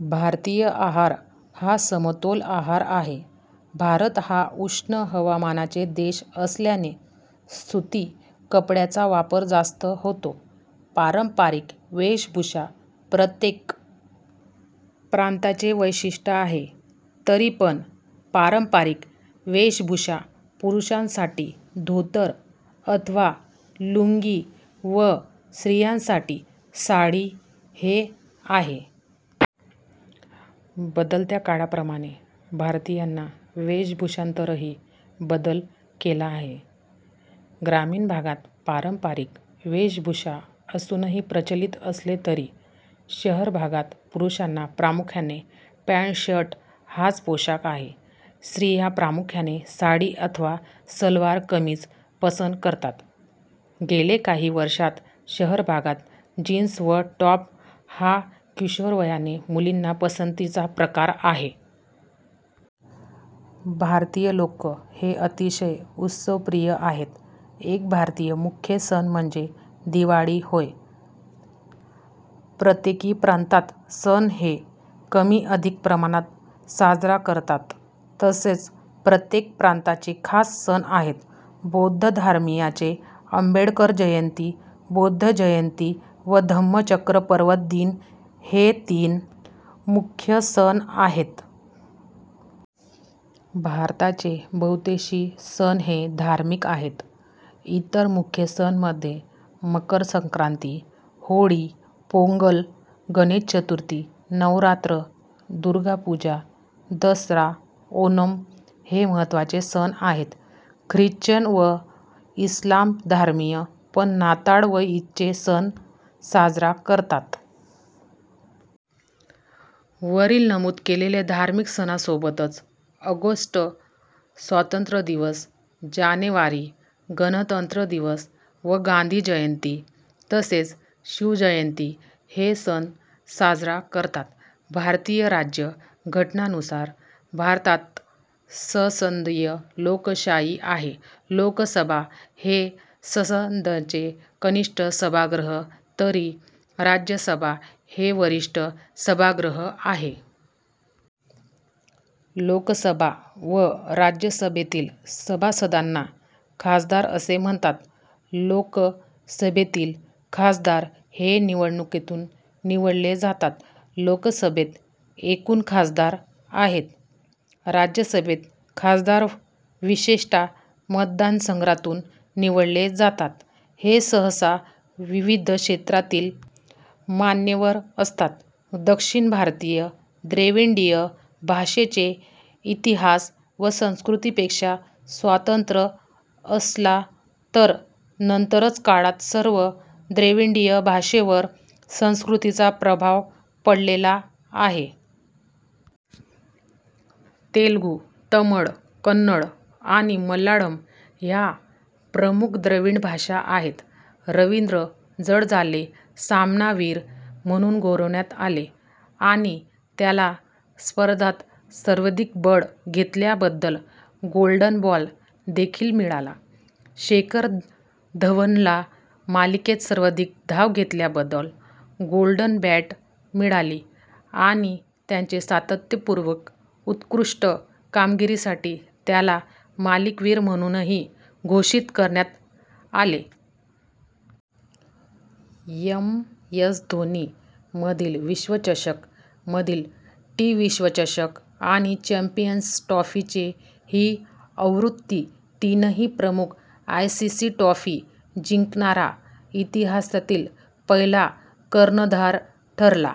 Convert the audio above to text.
भारतीय आहार हा समतोल आहार आहे. भारत हा उष्ण हवामानाचा देश असल्याने सुती कपड्यांचा वापर जास्त होतो. पारंपारिक वेषभूषा प्रत्येक प्रांताचे वैशिष्ट्ये आहे. तरीपण पारंपारिक वेषभूषा पुरुषांसाठी धोतर अथवा लुंगी व स्रियांसाठी साडी हे आहे. बदलत्या काळाप्रमाणे भारतीयांनी वेषभूषेतही बदल केला आहे. ग्रामीण भागात पारंपारिक वेषभूषा अजूनही प्रचलित असली तरी शहरी भागात पुरुषांचा प्रामुख्याने पँट शर्ट हाच पोषाख आहे. स्रिया प्रामुख्याने साडी अथवा सलवार कमीझ पसंत करतात. गेल्या काही वर्षात शहरी भागात जीन्स व टॉप हा किशोरवयीन मुलींत पसंतीचा प्रकार आहे. भारतीय लोक हे अतिशय उत्सवप्रिय आहेत. एक भारतीय मुख्य सण म्हणजे दिवाळी होय. प्रत्येक प्रांतात सण हे कमी अधिक प्रमाणात साजरा करतात. तसेच प्रत्येक प्रांताचे खास सण आहेत. बौद्ध धर्मीयांचे आंबेडकर जयंती, बुद्ध जयंती व धम्मचक्र प्रवर्तन दिन हे तीन मुख्य सण आहेत. भारताच्या बहुतांशी सण हे धार्मिक आहेत. इतर मुख्य सणांमध्ये मकरसंक्रांत, होळी, पोंगल, गणेश चतुर्थी, नवरात्री, दुर्गापूजा, दसरा, ओणम हे मह्त्वाचे सण आहेत. ख्रिश्चन व इस्लाम धर्मीय पण नाताळ व ईदचे सण साजरा करतात. वरील नमूद केलेल्या धार्मिक सणांसोबतच ऑगस्ट स्वातंत्र्यदिवस, जानेवारी गणतंत्र दिवस व गांधी जयंती तसेच शिवजयंती हे सण साजरे करतात. भारतीय राज्य घटनेनुसार भारतात संसदीय लोकशाही आहे. लोकसभा हे संसदेचे कनिष्ठ सभागृह तर राज्यसभा हे वरिष्ठ सभागृह आहे. लोकसभा व राज्यसभेतील सभासदांना खासदार असे म्हणतात. लोकसभेतील खासदार हे निवडणुकीतून निवडले जातात. लोकसभेत एकूण खासदार आहेत. राज्यसभेतील खासदार विशिष्ट मतदारसंघांतून निवडले जातात. हे सहसा विविध क्षेत्रातील मान्यवर असतात. दक्षिण भारतीय द्रविडीय भाषांचा इतिहास हा संस्कृतपेक्षा स्वतंत्र असला तरी नंतरच्या काळात सर्व द्रविडीय भाषांवर संस्कृतचा प्रभाव पडलेला आहे. तेलुगू, तमिळ, कन्नड आणि मल्याळम या प्रमुख द्रविडीय भाषा आहेत. रवींद्र जडेजाला सामनावीर म्हणून गौरवण्यात आले आणि त्याला स्पर्धेत सर्वाधिक बळी घेतल्याबद्दल "गोल्डन बॉल" देखील मिळाला. शिखर धवनला मालिकेत सर्वाधिक धावा केल्याबद्दल "गोल्डन बॅट" मिळाली आणि त्याच्या सातत्यपूर्ण उत्कृष्ट कामगिरीसाठी त्याला मालिकावीर म्हणूनही घोषित करण्यात आले. एमएस धोनी मधील विश्वचषक, मधील टी- विश्वचषक आणि चॅम्पियन्स ट्रॉफीची ही आवृत्ती तीनही प्रमुख आयसीसी ट्रॉफी जिंकणारा इतिहासातील पहिला कर्णधार ठरला.